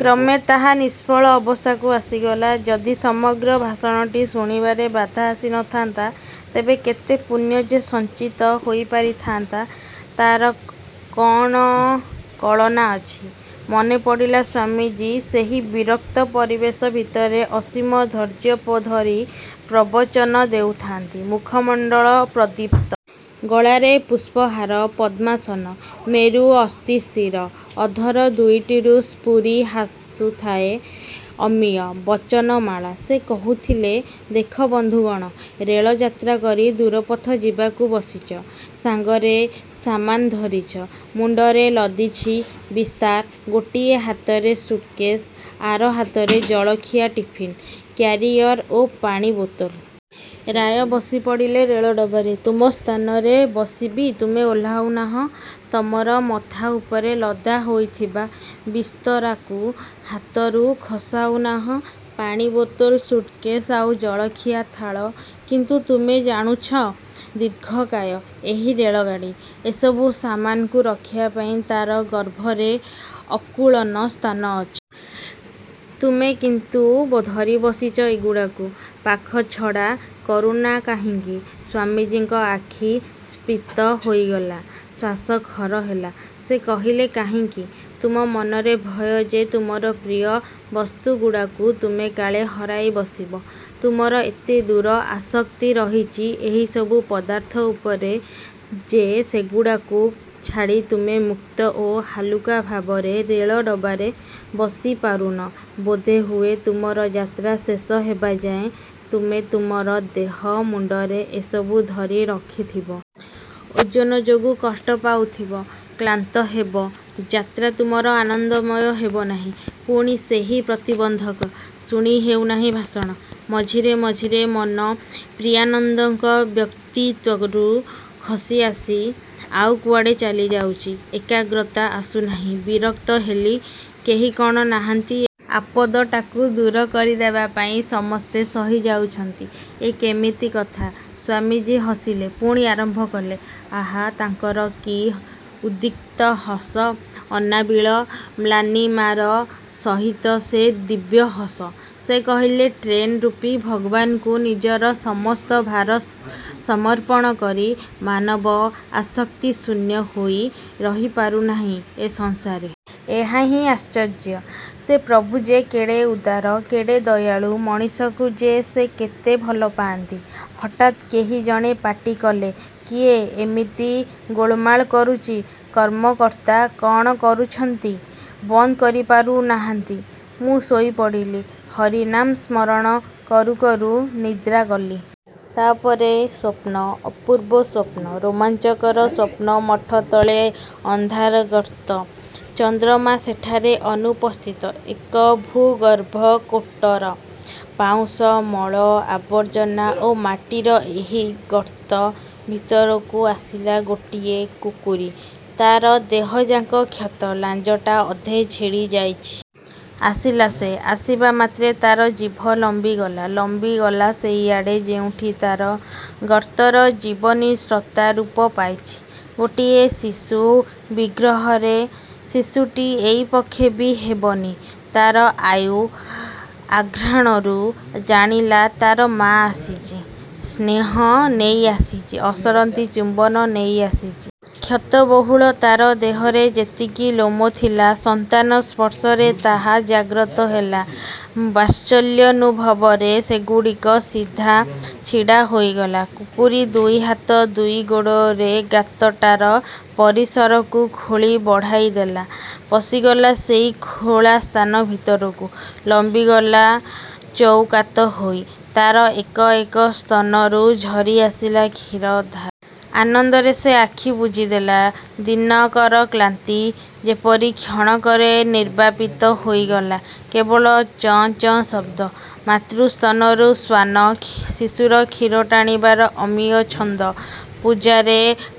କ୍ରମେ ତାହା ନିଷ୍ଫଳ ଅବସ୍ଥାକୁ ଆସିଗଲା-। ଯଦି ସମଗ୍ର ଭାଷଣଟି ଶୁଣିବାରେ ବାଧା ଆସିନଥାନ୍ତା, ତେବେ କେତେ ପୁଣ୍ୟ ଯେ ସଞ୍ଚିତ ହୋଇପାରିଥାନ୍ତା, ତାର କଅଣ କଳନା ଅଛି? ମନେପଡ଼ିଲା ସ୍ଵାମିଜୀ ସେହି ବିରକ୍ତ ପରିବେଶ ଭିତରେ ଅସୀମ ଧୈର୍ଯ୍ୟ ଧରି ପ୍ରବଚନ ଦେଉଥାନ୍ତି। ମୁଖମଣ୍ଡଳ ପ୍ରଦୀପ୍ତ। ଗଳାରେ ପୁଷ୍ପହାର। ପଦ୍ମାସନ। ମେରୁ ଅସ୍ଥି ସ୍ଥିର। ଅଧର ଦୁଇଟିରୁ ସ୍ଫୁରିଆସୁଥାଏ ଅମିୟ ବଚନମାଳା। ସେ କହୁଥିଲେ–ଦେଖ ବନ୍ଧୁଗଣ! ରେଳଯାତ୍ରାକରି ଦୂରପଥ ଯିବାକୁ ବସିଛ। ସାଙ୍ଗରେ ସାମାନ୍ ଧରିଛ। ମୁଣ୍ଡରେ ଲଦିଛି ବିସ୍ତରା, ଗୋଟାଏ ହାତରେ ସୁଟକେଶ। ଆର ହାତରେ ଜଳଖିଆର ଟିଫିନ୍ କ୍ୟାରିୟର୍ ଓ ପାଣି ବୋତଲ। ରାୟ ବସିପଡ଼ିଲେ ରେଳ ଡବାରେ। ତୁମ ସ୍ଥାନରେ ବସି ବି ତୁମେ ଓହ୍ଲାଉନାହଁ, ତମର ମଥା ଉପରେ ଲଦା ହୋଇଥିବା ବିସ୍ତରାକୁ। ହାତରୁ ଖସାଉନାହଁ ପାଣି ବୋତଲ, ସୁଟକେଶ, ଆଉ ଜଳଖିଆ ଥାଳ; କିନ୍ତୁ ତୁମେ ଜାଣୁଛ ଦୀର୍ଘକାୟ ଏହି ରେଳଗାଡ଼ି। ଏ ସବୁ ସାମାନକୁ ରଖିବା ପାଇଁ ତାର ଗର୍ଭରେ ଅକୁଳନ ସ୍ଥାନ ଅଛି। ତୁମେ କିନ୍ତୁ ଧରିବସିଛ ଏଗୁଡ଼ାକୁ। ପାଖଛଡ଼ା କରୁନା କାହିଁକି-? ସ୍ଵାମିଜୀଙ୍କର ଆଖି ସ୍ଫୀତ ହୋଇଗଲା। ଶ୍ଵାସ ଖର ହେଲା। ସେ କହିଲେ, କାହିଁକି? ତୁମ ମନରେ ଭୟ ଯେ ତୁମର ପ୍ରିୟ ବସ୍ତୁଗୁଡ଼ାକୁ ତୁମେ କାଳେ ହରାଇ ବସିବ। ତୁମର ଏତେଦୂର ଆସକ୍ତି ରହିଛି ଏହି ସବୁ ପଦାର୍ଥ ଉପରେ ଯେ ସେଗୁଡ଼ାକୁ ଛାଡ଼ି ତୁମେ ମୁକ୍ତ ଓ ହାଲୁକା ଭାବରେ ରେଳଡବାରେ ବସିପାରୁନ, ବୋଧହୁଏ ତୁମର ଯାତ୍ରା ଶେଷ ହେବାଯାଏ ତୁମେ ତୁମର ଦେହ ମୁଣ୍ଡରେ ଏ ସବୁ ଧରି ରଖିଥିବ। ଓଜନ ଯୋଗୁ କଷ୍ଟ ପାଉଥିବ, କ୍ଳାନ୍ତହେବ, ଯାତ୍ରା ତୁମର ଆନନ୍ଦମୟ ହେବନାହିଁ। ପୁଣି ସେହି ପ୍ରତିବନ୍ଧକ। ଶୁଣି ହେଉନାହିଁ ଭାଷଣ। ମଝିରେ ମଝିରେ ମନ ପ୍ରିୟାନନ୍ଦଙ୍କ ବ୍ୟକ୍ତିତ୍ୱରୁ ଖସି ଆସି ଆଉ କୁଆଡ଼େ ଚାଲିଯାଉଛି। ଏକାଗ୍ରତା ଆସୁନାହଁ। ବିରକ୍ତ ହେଲି। କେହି କଣ ନାହାନ୍ତି ଏ। ଆପଦଟାକୁ ଦୂର କରିଦେବା ପାଇଁ? ସମସ୍ତେ ସହିଯାଉଛନ୍ତି? ଏ କେମିତି କଥା-? ସ୍ଵାମିଜୀ ହସିଲୋ ପୁଣି ଆରମ୍ଭ କଲେ। ଆଃ ତାଙ୍କର କି ଉଦ୍ରିକ୍ତ ହସ। ଅନାବିଳ ମ୍ଳାନିମାର ସହିତ ସେ ଦିବ୍ୟ ହସ। ସେ କହିଲେ, "ଟ୍ରେନରୂପୀ ଭଗବାନଙ୍କୁ ନିଜର ସମସ୍ତ ଭାର ସମର୍ପଣ କରି ମାନବ ଆସକ୍ତିଶୂନ୍ୟ ହୋଇ ରହି ପାରୁନାହିଁ ଏ ସଂସାରରେ। ଏହାହିଁ ଆଶ୍ଚର୍ଯ୍ୟ! ସେ ପ୍ରଭୁ ଯେ କେଡ଼େ ଉଦାର, କେଡ଼େ ଦୟାଳୁ, ମଣିଷକୁ ଯେ ସେ କେତେ ଭଲପାଆନ୍ତି... " ହଠାତ୍ କେହି ଜଣେ ପାଟି କଲେ-କିଏ ଏମିତି ଗୋଳମାଳ କରୁଛି, କର୍ମକର୍ତ୍ତା କଅଣ କରୁଛନ୍ତି? ବନ୍ଦ କରିପାରୁ ନାହାନ୍ତି? ମୁଁ ଶୋଇ ପଡ଼ିଲି। ହରିନାମ ସ୍ମରଣ କରୁ କରୁ ନିଦ୍ରା ଗଲି। ତା' ପରେ... ସ୍ଵପ୍ନ... ଅପୂର୍ବ ସ୍ଵପ୍ନ। ରୋମାଞ୍ଚକର ସ୍ଵପ୍ନ... ମଠ ତଳେ ଅନ୍ଧାର ଗର୍ତ୍ତ। ଚନ୍ଦ୍ରମା ସେଠାରେ ଅନୁପସ୍ଥିତ। ଏକ ଭୂଗର୍ଭ କୋଟର। ପାଉଁଶ, ମଳ, ଆବର୍ଜନା ଓ ମାଟିର ଏହି ଗର୍ତ୍ତ ଭିତରକୁ ଆସିଲା ଗୋଟିଏ କୁକୁରୀ। ତାର ଦେହଯାକ କ୍ଷତ। ଲାଞ୍ଜଟା ଅଧେ ଛିଣ୍ଡି ଯାଇଛି। ଆସିଲା ସେ। ଆସିବା ମାତ୍ରେ ତାର ଜିଭ ଲମ୍ବିଗଲା, ଲମ୍ବିଗଲା ସେଇଆଡ଼େ, ଯେଉଁଠି ତାର ଗର୍ତ୍ତର ଜୀବନୀସତ୍ତା ରୂପପାଇଛି ଗୋଟିଏ ଶିଶୁ ବିଗ୍ରହରେ। ଶିଶୁଟି ଏଇ ପକ୍ଷେ ବି ହେବନି। ତାର ଆୟୁ ଆଘ୍ରାଣରୁ ଜାଣିଲା ତାର ମା ଆସିଛି। ସ୍ନେହ ନେଇ ଆସିଛି। ଅସରନ୍ତି ଚୁମ୍ବନ ନେଇ ଆସିଛି। କ୍ଷତବହୁଳ ତାର ଦେହରେ ଯେତିକି ଲୋମ ଥିଲା ସନ୍ତାନ ସ୍ପର୍ଶରେ ତାହା ଜାଗ୍ରତ ହେଲା। ବାତ୍ସାଲ୍ୟନୁଭବରେ ସେଗୁଡ଼ିକ ସିଧା ଛିଡ଼ାହୋଇଗଲା। କୁକୁରୀ ଦୁଇ ହାତ ଦୁଇ ଗୋଡ଼ରେ ଗାତଟାର ପରିସରକୁ ଖୋଳି ବଢ଼ାଇ ଦେଲା। ପଶିଗଲା ସେଇ ଖୋଳାସ୍ଥାନ ଭିତରକୁ। ଲମ୍ବିଗଲା ଚଉକାତ ହୋଇ। ତାର ଏକ ଏକ ସ୍ତନରୁ ଝରିଆସିଲା କ୍ଷୀରଧାର। ଆନନ୍ଦରେ ସେ ଆଖି ବୁଜିଦେଲା। ଦିନକର କ୍ଳାନ୍ତି ଯେପରି କ୍ଷଣକରେ ନିର୍ବାପିତ ହୋଇଗଲା। କେବଳ ଚଅଁ ଚଅଁ ଶବ୍ଦ। ମାତୃ ସ୍ତନରୁ ଶ୍ଵାନ ଶିଶୁର କ୍ଷୀର ଟାଣିବାର ଅମିୟ ଛନ୍ଦ। ପୂଜାରେ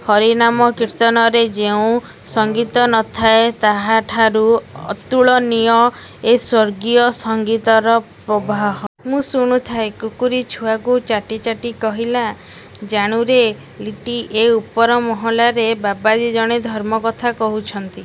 ହରିନାମ କୀର୍ତ୍ତନରେ ଯେଉଁ ସଙ୍ଗୀତ ନଥାଏ, ତାହାଠାରୁ ଅତୁଳନୀୟ ଏ ସ୍ଵର୍ଗୀୟ ସଙ୍ଗୀତର ପ୍ରବାହ। ମୁଁ ଶୁଣୁଥାଏ। କୁକୁରୀ ଛୁଆକୁ ଚାଟି ଚାଟି କହିଲା–ଜାଣୁରେ ଲିଟି ଏ ଉପର ମହଲାରେ ବାବାଜୀ ଜଣେ ଧର୍ମ କଥା କହୁଛନ୍ତି।